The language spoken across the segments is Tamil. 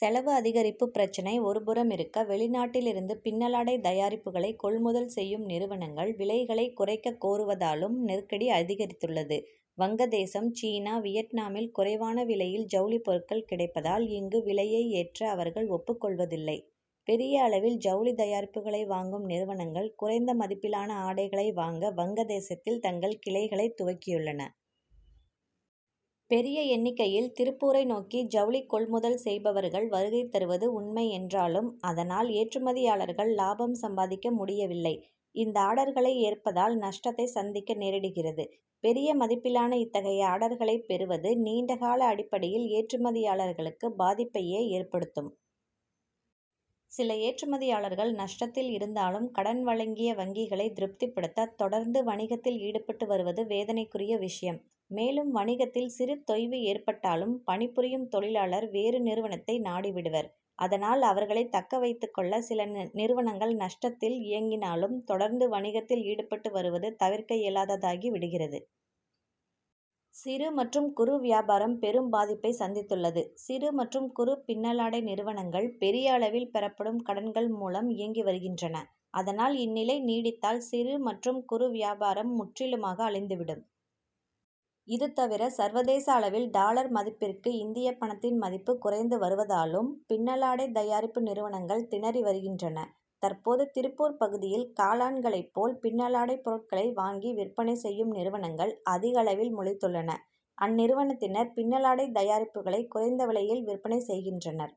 செலவு அதிகரிப்பு பிரச்னை ஒருபுறமிருக்க, வெளிநாட்டிலிருந்து பின்னலாடை தயாரிப்புகளைக் கொள்முதல் செய் யும் நிறுவனங்கள், விலைகளைக் குறைக்கக் கோருவதாலும் நெருக்கடி அதிகரித்துள்ளது. வங்கதேசம், சீனா, வியட்நாமில், குறைவான விலையில் ஜவுளிப் பொருட்கள் கிடைப்பதால், இங்கு விலையை ஏற்ற அவர்கள் ஒப்புக் கொள்வதில்லை. பெரிய அளவில் ஜவுளித் தயாரிப்புகளை வாங் கும் நிறுவனங்கள், குறைந்த மதிப்பிலான ஆடைகளை வாங்க, வங்கதேசத்தில் தங்கள் கிளைகளைத் துவக்கியுள்ளன. பெரிய எண்ணிக்கையில் திருப்பூரை நோக்கி ஜவுளி கொள்முதல் செய்பவர்கள் வருகை தருவது உண்மை என்றாலும், அதனால், ஏற்றுமதியாளர்கள் லாபம் சம்பாதிக்க முடியவில்லை. இந்த ஆர்டர் களை ஏற் பதால், நஷ்டத்தை சந்திக்க நேரிடுகிறது. பெரிய மதிப் பிலான இத்தகைய ஆர்டர் களைப் பெறுவது, நீண்டகால அடிப்படையில் ஏற்றுமதியாளர்களுக்கு பாதிப் பையே ஏற்படுத்தும். சில ஏற்றுமதியாளர்கள் நஷ்டத்தில் இருந்தாலும், கடன் வழங்கிய வங்கிகளைத் திருப்திபடுத்த, தொடர்ந்து வணிகத்தில் ஈடுபட்டு வருவது வேதனைக்குரிய விஷயம். மேலும் வணிகத்தில் சிறு தொய்வு ஏற்பட்டாலும், பணிபுரியும் தொழிலாளர் வேறு நிறுவனத்தை நாடிவிடுவர். அதனால், அவர்களை தக்க வைத்துக் கொள்ள சில நிறுவனங்கள் நஷ்டத் தில் இயங்கினாலும், தொடர்ந்து வணிகத்தில் ஈடுபட்டு வருவது தவிர்க்க இயலாததாகி விடுகிறது. சிறு மற்றும் குறு வியாபாரம் பெரும் பாதிப்பைச் சந்தித்துள்ளது. சிறு மற்றும் குறு பின்னலாடை நிறுவனங்கள், பெரிய அள வில் பெறப்படும் கடன் கள் மூலம் இயங்கி வருகின்றன. அதனால், இந் நிலை நீடித்தால் சிறு மற் றும் குறு வியாபாரம் முற் றிலுமாக அழிந்துவிடும். இதுதவிர, சர்வதேச அளவில் டாலர் மதிப்பிற்கு இந்திய பணத்தின் மதிப்பு குறைந்து வருவதாலும், பின்னலாடை தயாரிப்பு நிறுவனங்கள் திணறி வருகின்றன. தற்போது, திருப்பூர் பகுதியில் காளான்களைப் போல் பின்னலாடைப் பொருட்களை வாங்கி விற்பனை செய்யும் நிறுவனங்கள் அதிகளவில் முளைத்துள்ளன. அந்நிறுவனத்தினர், பின்னலாடைத் தயாரிப்புகளை குறைந்த விலையில் விற்பனை செய்கின்றனர்.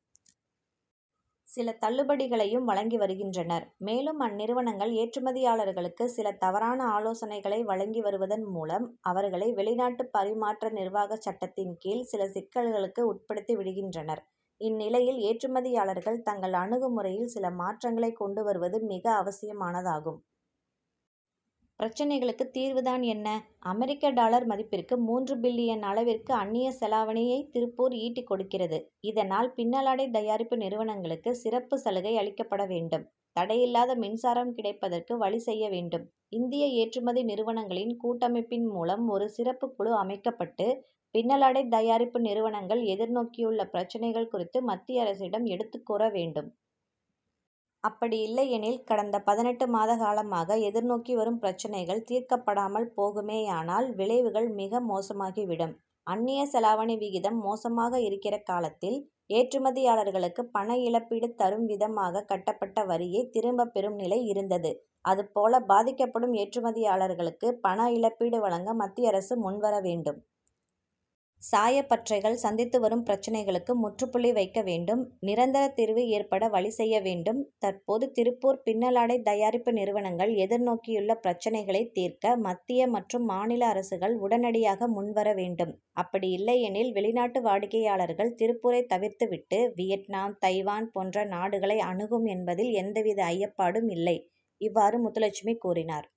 சில தள்ளுபடிகளையும் வழங்கி வருகின்றனர். மேலும், அந்நிறுவனங்கள், ஏற்றுமதியாளர்களுக்கு சில தவறான ஆலோசனைகளை வழங்கி வருவதன் மூலம், அவர்களை, வெளிநாட்டு பரிமாற்ற நிர்வாகச் சட்டத்தின் கீழ் சில சிக்கல்களுக்கு உட்படுத்தி விடுகின்றனர். இந்நிலையில், ஏற்றுமதியாளர்கள், தங்கள் அணுகுமுறையில் சில மாற்றங்களைக் கொண்டு வருவது மிக அவசியமானதாகும். பிரச்னைகளுக்கு தீர்வுதான் என்ன: அமெரிக்க டாலர் மதிப்பிற்கு, மூன்று பில்லியன் அளவிற்கு அன்னிய செலாவணியை திருப்பூர் ஈட்டிக் கொடுக்கிறது. இதனால், பின்னலாடை தயாரிப்பு நிறுவனங்களுக்கு சிறப்புச் சலுகை அளிக்கப்பட வேண்டும். தடையில்லாத மின்சாரம் கிடைப்பதற்கு வழி செய்ய வேண்டும். இந்திய ஏற்றுமதி நிறுவனங்களின் கூட்டமைப்பின் மூலம் ஒரு சிறப்புக் குழு அமைக்கப்பட்டு, பின்னலாடை தயாரிப்பு நிறுவனங்கள் எதிர்நோக்கியுள்ள பிரச்னைகள் குறித்து மத்திய அரசிடம் எடுத்துக் கூற வேண்டும். அப்படியில்லையெனில், கடந்த பதினெட்டு மாதகாலமாக எதிர்நோக்கி வரும் பிரச்னைகள் தீர்க்கப்படாமல் போகுமேயானால், விளைவுகள் மிக மோசமாகி விடும். அன்னியச் செலாவணி விகிதம் மோசமாக இருக்கிற காலத்தில், ஏற்றுமதியாளர்களுக்கு பண இழப்பீடு தரும்விதமாக, கட்டப்பட்ட வரியைத் திரும்பப் பெறும் நிலை இருந்தது. அதுபோல பாதிக்கப்படும் ஏற்றுமதியாளர்களுக்குப் பண இழப்பீடு வழங்க மத்திய அரசு முன்வர வேண்டும். சாயப் பட்டறைகள் சந்தித்து வரும் பிரச்னைகளுக்கு முற்றுப்புள்ளி வைக்க வேண்டும். நிரந்தர தீர்வு ஏற்பட வழி செய்ய வேண்டும். தற்போது திருப்பூர் பின் னலாடைத் தயாரிப்பு நிறுவனங்கள் எதிர்நோக்கியுள்ள பிரச்னைகளைத் தீர்க்க, மத்திய மற்றும் மாநில அரசுகள் உடனடியாக முன்வர வேண்டும். அப்படியில்லையெனில், வெளிநாட்டு வாடிக்கையாளர்கள் திருப்பூரைத் தவிர்த்து விட்டு, வியட்நாம், தைவான் போன்ற நாடுகளை அணுகும் என்பதில் எவ்வித ஐயப்படும் இல்லை. இவ்வாறு முத்துலட்சுமி கூறினார்.